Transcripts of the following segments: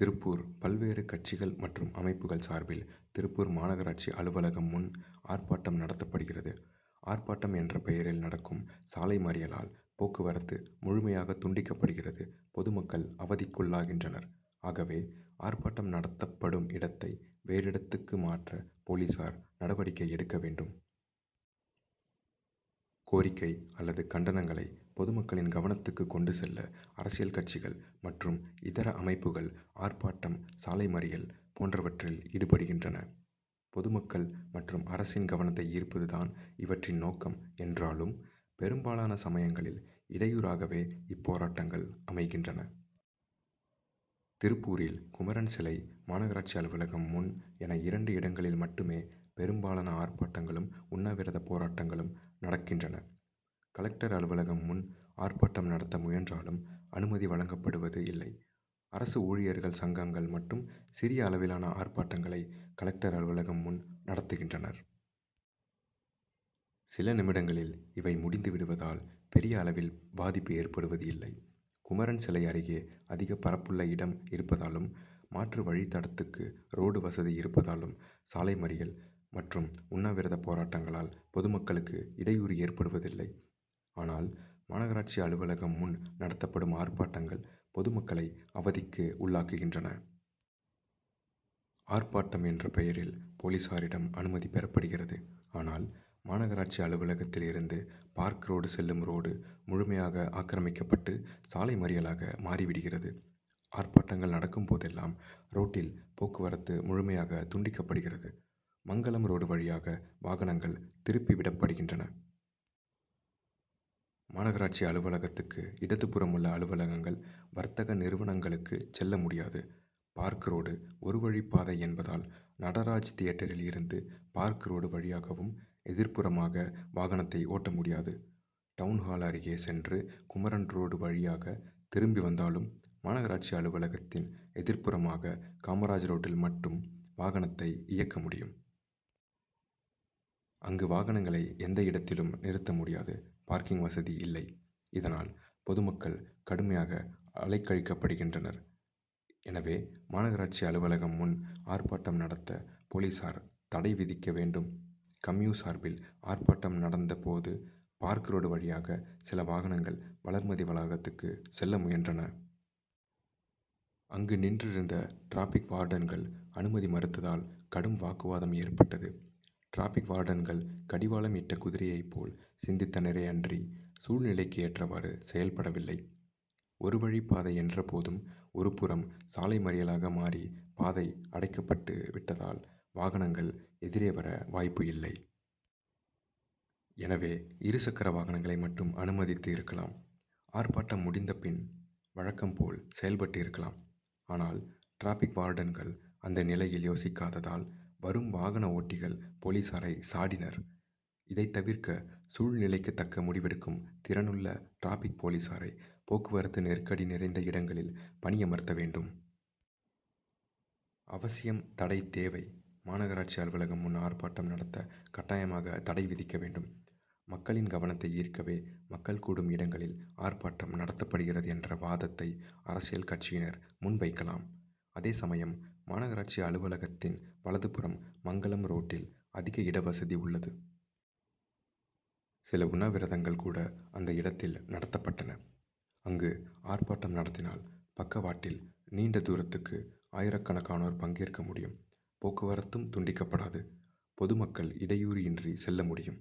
திருப்பூர் பல்வேறு கட்சிகள் மற்றும் அமைப்புகள் சார்பில் திருப்பூர் மாநகராட்சி அலுவலகம் முன் ஆர்ப்பாட்டம் நடத்தப்படுகிறது. ஆர்ப்பாட்டம் என்ற பெயரில் நடக்கும் சாலை மறியலால் போக்குவரத்து முழுமையாக துண்டிக்கப்படுகிறது பொது மக்கள் அவதிக்குள்ளாகின்றனர். ஆகவே ஆர்ப்பாட்டம் நடத்தப் படும் இடத்தை வேறிடத்துக்கு மாற்ற போலீசார் நடவடிக்கை எடுக்க வேண்டும். கோரிக்கை அல்லது கண்டனங் களை பொதுமக்களின் கவனத்துக்கு கொண்டு செல்ல அரசியல் கட்சிகள் மற்றும் இதர அமைப்புகள் ஆர்ப் பாட்டம் சாலை மறியல் போன்ற வற்றில் ஈடுபடுகின்றன. பொதுமக்கள் மற்றும் அரசின் கவனத்தை ஈர்ப்பது தான் இவற்றின் நோக்கம் என்றாலும் பெரும்பாலான சமயங்களில் இடையூறாகவே இப்போராட்டங்கள் அமைகின்றன. திருப்பூரில் குமரன் சிலை மாநகராட்சி அலுவலகம் முன் என இரண்டு இடங்களில் மட்டுமே பெரும்பாலான ஆர்ப்பாட்டங்களும் உண்ணாவிரத போராட்டங்களும் நடக்கின்றன. கலெக்டர் அலுவலகம் முன் ஆர்ப்பாட்டம் நடத்த முயன்றாலும் அனுமதி வழங்கப்படுவது இல்லை. அரசு ஊழியர் சங்கங்கள் மட்டும் சிறிய அளவிலான ஆர்ப்பாட்டங்களை கலெக்டர் அலுவலகம் முன் நடத்துகின்றனர். சில நிமிடங்களில் இவை முடிந்து விடுவதால் பெரிய அளவில் பாதிப்பு ஏற்படுவது இல்லை. குமரன் சிலை அருகே அதிக பரப்புள்ள இடம் இருப்பதாலும் மாற்று வழித்தடத்துக்கு ரோடு வசதி இருப்பதாலும் சாலை மறியல் மற்றும் உண்ணாவிரத போராட்டங் களால் பொது மக்களுக்கு இடையூறு ஏற்படுவதில்லை. ஆனால் மாநகராட்சி அலுவலகம் முன் நடத்தப்படும் ஆர்ப்பாட்டங்கள் பொதுமக்களை அவதிக்கு உள்ளாக்கு கின்றன. ஆர்ப்பாட்டம் என்ற பெயரில் போலீசாரிடம் அனுமதி பெறப்படுகிறது. ஆனால் மாநக ராட்சி அலுவலகத்தில் இருந்து பார்க் ரோடு செல்லும் ரோடு முழுமையாக ஆக்கிரமிக்கப்பட்டு சாலை மறியலாக மாறி விடுகிறது. ஆர்ப் பாட்டங்கள் நடக்கும் போதெல்லாம் ரோட்டில் போக்குவரத்து முழுமை யாக துண்டிக்கப்படுகிறது. மங்கலம் ரோடு வழியாக வாகனங்கள் திருப்பி விடப்படுகின்றன. மாநகராட்சி அலுவலகத்துக்கு இடதுபுறமுள்ள அலுவலகங்கள் வர்த்தக நிறுவனங்களுக்குச் செல்ல முடியாது. பார்க் ரோடு ஒரு வழிப்பாதை என்பதால் நடராஜ் தியேட்டரில் இருந்து பார்க் ரோடு வழியாகவும் எதிர்ப்புறமாக வாகனத்தை ஓட்ட முடியாது. டவுன்ஹால் அருகே சென்று குமரன் ரோடு வழியாக திரும்பி வந் தாலும் மாநகராட்சி அலுவலகத்தின் எதிர்ப்புறமாக காமராஜ் ரோட்டில் மட்டும் வாகனத்தை இயக்க முடி யும். அங்கு வாகனங்களை எந்த இடத் திலும் நிறுத்த முடியாது பார்க்கிங் வசதி இல்லை. இதனால் பொதுமக் கள் கடுமையாக அலைக்கழிக்கப்படு கின்றனர். எனவே மாநகராட்சி அலுவல கம் முன் ஆர்ப்பாட்டம் நடத்த போலீசார் தடை விதிக்க வேண்டும். கம்யூ. சார்பில் ஆர்ப்பாட்டம் நடந்த போது பார்க் ரோடு வழியாக சில வாகனங் கள் வளர்மதி வளாகத்துக்கு செல்ல முயன்றன. அங்கு நின்றிருந்த டிராபிக் வார்டன்கள் அனுமதி மறுத்ததால் கடும் வாக்குவாதம் ஏற்பட்டது. டிராபிக் வார்டன்கள் கடிவாளம் இட்ட குதிரையைப் போல் சிந்தித்தனரே அன்றி சூழ் நிலைக்கு ஏற்றவாறு செயல்படவில்லை. ஒரு வழிப்பாதை என்ற போதும் ஒரு புறம் சாலை மறியலாக மாறி பாதை அடைக்கப்பட்டு விட்டதால் வாகனங்கள் எதிரே வர வாய்ப்பு இல்லை. எனவே இரு சக்கர வாகனங்களை மட்டும் அனுமதித்து இருக்கலாம். ஆர்ப்பாட்டம் முடிந்த பின் வழக்கம் போல் செயல்பட்டு இருக்கலாம். ஆனால் டிராபிக் வார்டன்கள் அந்த நிலையில் யோசிக்காததால் வரும் வாகன ஓட்டிகள் போலீசாரை சாடி னர். இதைத்தவிர்க்க சூழ்நிலைக்கு தக்க முடிவெடுக்கும் திறனுள்ள டிராபிக் போலீசாரை போக்குவரத்து நெருக்கடி நிறைந்த இடங்களில் பணியமர்த்த வேண்டும். அவசியம் தடை தேவை மாநக ராட்சி அலுவலம் முன் ஆர்ப்பாட்டம் நடத்த கட்டாயமாக தடை விதிக்க வேண்டும். மக்களின் கவனத்தை ஈர்க்கவே மக்கள் கூடும் இடங்களில் ஆர்ப்பாட்டம் நடத்தப்படுகிறது என்ற வாதத்தை அரசியல் கட்சியினர் முன்வைக்கலாம். அதேசமயம் மாநகராட்சி அலுவல கத்தின் வலதுபுறம் மங்கலம் ரோட் டில் அதிக இடவசதி உள்ளது. சில உண்ணாவிரதங்கள் கூட அந்த இடத்தில் நடத்தப்பட்டன. அங்கு ஆர்ப்பாட்டம் நடத்தினால் பக்க வாட்டில் நீண்ட தூரத்துக்கு ஆயிரக்கணக்கானோர் பங்கேற்க முடியும் போக்குவரத்தும் துண்டிக்கப் படாது. பொதுமக்கள் இடையூறு இன்றி செல்ல முடியும்.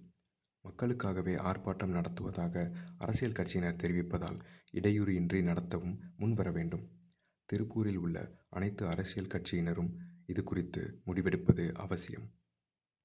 மக்களுக்காகவே ஆர்ப்பாட்டம் நடத்துவதாக அரசியல் கட்சியினர் தெரிவிப்பதால் இடையூறு இன்றி நடத்தவும் முன்வர வேண்டும். திருப்பூரில் உள்ள அனைத்து அரசியல் கட்சியினரும் இதுகுறித்து முடிவெடுப்பது அவசியம்.